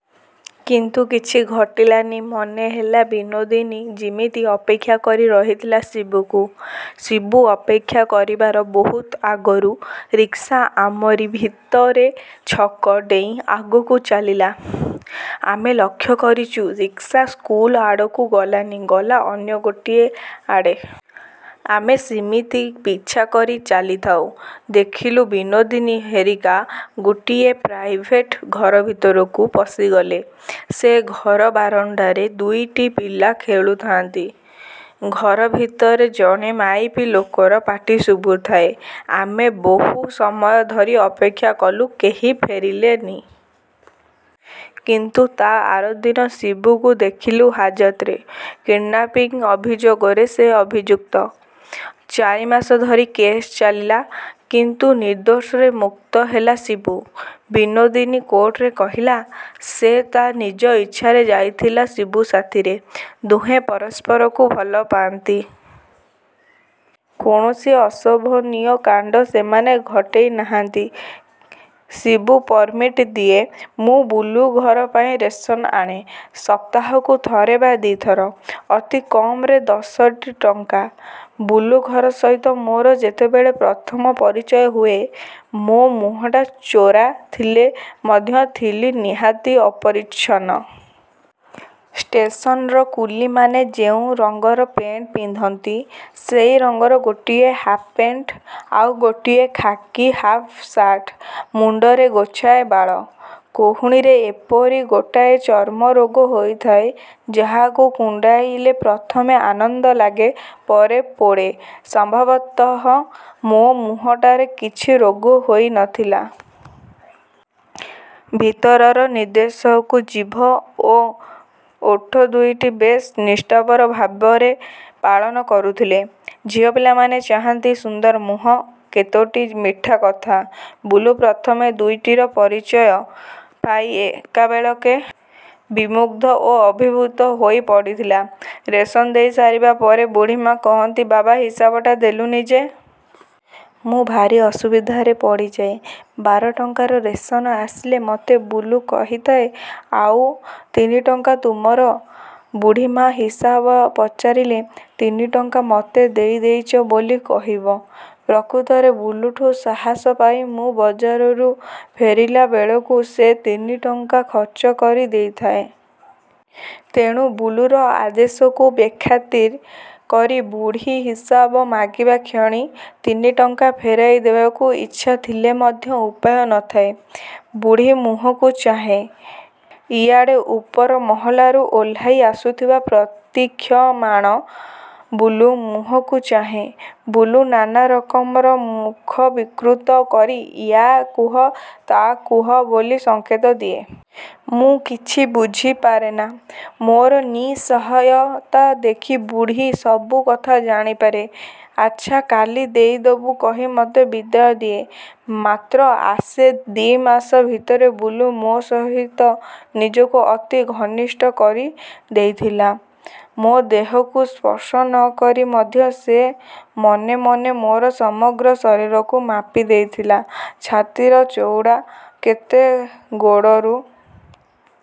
କିନ୍ତୁ କିଛି ଘଟିଲାନି। ମନେ ହେଲା ବିନୋଦିନୀ ଯିମିତି ଅପେକ୍ଷା କରି ରହିଥିଲା ଶିବୁକୁ, ଶିବୁ ଅପେକ୍ଷା କରିବାର ବହୁତ ଆଗରୁ। ରିକ୍ସା ଆମରି ଭିତରେ ଛକ ଡେଇଁ ଆଗକୁ ଚାଲିଲା। ଆମେ ଲକ୍ଷ୍ୟ କରିଚୁ ରିକ୍ସା ସ୍କୁଲ ଆଡ଼କୁ ଗଲାନି। ଗଲା ଅନ୍ୟ ଗୋଟାଏ ଆଡ଼େ। ଆମେ ସିମିତି ପିଛା କରି ଚାଲିଥାଉ। ଦେଖିଲୁ ବିନୋଦିନୀ ହେରିକା ଗୋଟିଏ ପ୍ରାଇଭେଟ ଘରଭିତରକୁ ପଶିଗଲେ। ସେ ଘର ବାରଣ୍ଡାରେ ଦୁଇଟି ପିଲା ଖେଳୁଥାନ୍ତି। ଘର ଭିତରେ ଜଣେ ମାଇପି ଲୋକର ପାଟି ଶୁଭୁଥାଏ। ଆମେ ବହୁ ସମୟ ଧରି ଅପେକ୍ଷା କଲୁ କେହି ଫେରିଲେ ନି। କିନ୍ତୁ ତା ଆରଦିନ ଶିବୁକୁ ଦେଖିଲୁ ହାଜତରେ। କିଡ୍ନାପିଙ୍ଗ୍ ଅଭିଯୋଗରେ ସେ ଅଭିଯୁକ୍ତ। ଚାରିମାସ ଧରି କେସ୍ ଚାଲିଲା। କିନ୍ତୁ ନିର୍ଦ୍ଦୋଷରେ ମୁକ୍ତ ହେଲା ଶିବୁ। ବିନୋଦିନୀ କୋର୍ଟରେ କହିଲା ସେ ତା ନିଜ ଇଚ୍ଛାରେ ଯାଇଥିଲା ଶିବୁ ସାଥିରେ। ଦୁହେଁ ପରସ୍ପରକୁ ଭଲ ପାଆନ୍ତି। କୌଣସି ଅଶୋଭନୀୟ କାଣ୍ଡ ସେମାନେ ଘଟେଇ ନାହାଁନ୍ତି। ଶିବୁ ପରମିଟ୍ ଦିଏ, ମୁଁ ବୁଲୁ ଘର ପାଇଁ ରେସନ ଆଣେ। ସପ୍ତାହକୁ ଥରେ ବା ଦି ଥର-। ଅତି କମରେ ଦଶଟି ଟଙ୍କା। ବୁଲୁ ଘର ସହିତ ମୋର ଯେତେବେଳେ ପ୍ରଥମ ପରିଚୟ ହୁଏ ମୋ ମୁହଁଟା ଚୋରା ଥିଲେ ମଧ୍ୟ ଥିଲି ନିହାତି ଅପରିଚ୍ଛନ୍ନ। ଷ୍ଟେସନର କୁଲିମାନେ ଯେଉଁ ରଂଗର ପେଣ୍ଟ ପିନ୍ଧନ୍ତି, ସେଇ ରଂଗର ଗୋଟିଏ ହାପ୍ ପେଣ୍ଟ, ଆଉ ଗୋଟାଏ ଖାକି ହାପ୍ ଶାର୍ଟ। ମୁଣ୍ଡରେ ଗୋଛାଏ ବାଳ। କହୁଣୀରେ ଏପରି ଗୋଟାଏ ଚର୍ମରୋଗ ହୋଇଥାଏ ଯାହାକୁ କୁଣ୍ଡାଇଲେ ପ୍ରଥମେ ଆନନ୍ଦ ଲାଗେ, ପରେ ପୋଡ଼େ। ସମ୍ଭବତଃ ମୋ ମୁହଁଟାରେ କିଛି ରୋଗ ହୋଇ ନଥିଲା। ଭିତରର ନିର୍ଦ୍ଦେଶକୁ ଜିଭ ଓ ଓଠ ଦୁଇଟି ବେଶ ନିଷ୍ଠାପର ଭାବରେ ପାଳନ କରୁଥିଲେ। ଝିଅ ପିଲାମାନେ ଚାହାନ୍ତି ସୁନ୍ଦର ମୁହଁ, କେତୋଟି ମିଠାକଥା। ବୁଲୁ ପ୍ରଥମେ ଦୁଇଟିର ପରିଚୟ ପାଇ ଏକାବେଳକେ ବିମୁଗ୍ଧ ଓ ଅଭିଭୂତ ହୋଇ ପଡ଼ିଥିଲା। ରେଶନ ଦେଇ ସାରିବା ପରେ ବୁଢ଼ୀମା କହନ୍ତି, ବାବା ହିସାବଟା ଦେଲୁନି ଯେ! ମୁଁ ଭାରି ଅସୁବିଧାରେ ପଡ଼ିଯାଏ। ବାର ଟଙ୍କାର ରେଶନ ଆସିଲେ ମତେ ବୁଲୁ କହିଥାଏ, ଆଉ ତିନି ଟଙ୍କା ତୁମର, ବୁଢ଼ୀମା ହିସାବ ପଚାରିଲେ, ତିନି ଟଙ୍କା ମତେ ଦେଇ ଦେଇଚ ବୋଲି କହିବ। ପ୍ରକୃତରେ ବୁଲୁଠୁ ସାହସ ପାଇ ମୁଁ ବଜାରରୁ ଫେରିଲା ବେଳକୁ ସେ ତିନି ଟଙ୍କା ଖର୍ଚ୍ଚ କରି ଦେଇଥାଏ। ତେଣୁ ବୁଲୁର ଆଦେଶକୁ ବେଖାତିର କରି, ବୁଢ଼ୀ ହିସାବ ମାଗିବା କ୍ଷଣି ତିନି ଟଙ୍କା ଫେରାଇ ଦେବାକୁ ଇଚ୍ଛା ଥିଲେ ମଧ୍ୟ ଉପାୟ ନ ଥାଏ। ବୁଢ଼ୀ ମୁହଁକୁ ଚାହେଁ। ଇଆଡ଼େ ଉପର ମହଲାରୁ ଓହ୍ଲାଇ ଆସୁଥିବା ପ୍ରତୀକ୍ଷମାଣ ବୁଲୁ ମୁହଁକୁ ଚାହେଁ। ବୁଲୁ ନାନା ରକମର ମୁଖ ବିକୃତ କରି ଇୟା କୁହ ତା କୁହ ବୋଲି ସଂକେତ ଦିଏ। ମୁଁ କିଛି ବୁଝି ପାରେନା। ମୋର ନିଃସହାୟତା ଦେଖି ବୁଢ଼ୀ ସବୁ କଥା ଜାଣିପାରେ। ଆଚ୍ଛା କାଲି ଦେଇଦେବୁ କହି ମତେ ବିଦାୟ ଦିଏ। ମାତ୍ର ମାସେ ଦି ମାସ ଭିତରେ ବୁଲୁ ମୋ ସହିତ ନିଜକୁ ଅତି ଘନିଷ୍ଠ କରି ଦେଇଥିଲା। ମୋ ଦେହକୁ ସ୍ପର୍ଶ ନ କରି ମଧ୍ୟ ସେ ମନେ ମନେ ମୋର ସମଗ୍ର ଶରୀରକୁ ମାପି ଦେଇଥିଲା। ଛାତିର ଚଉଡ଼ା କେତେ, ଗୋଡ଼ରୁ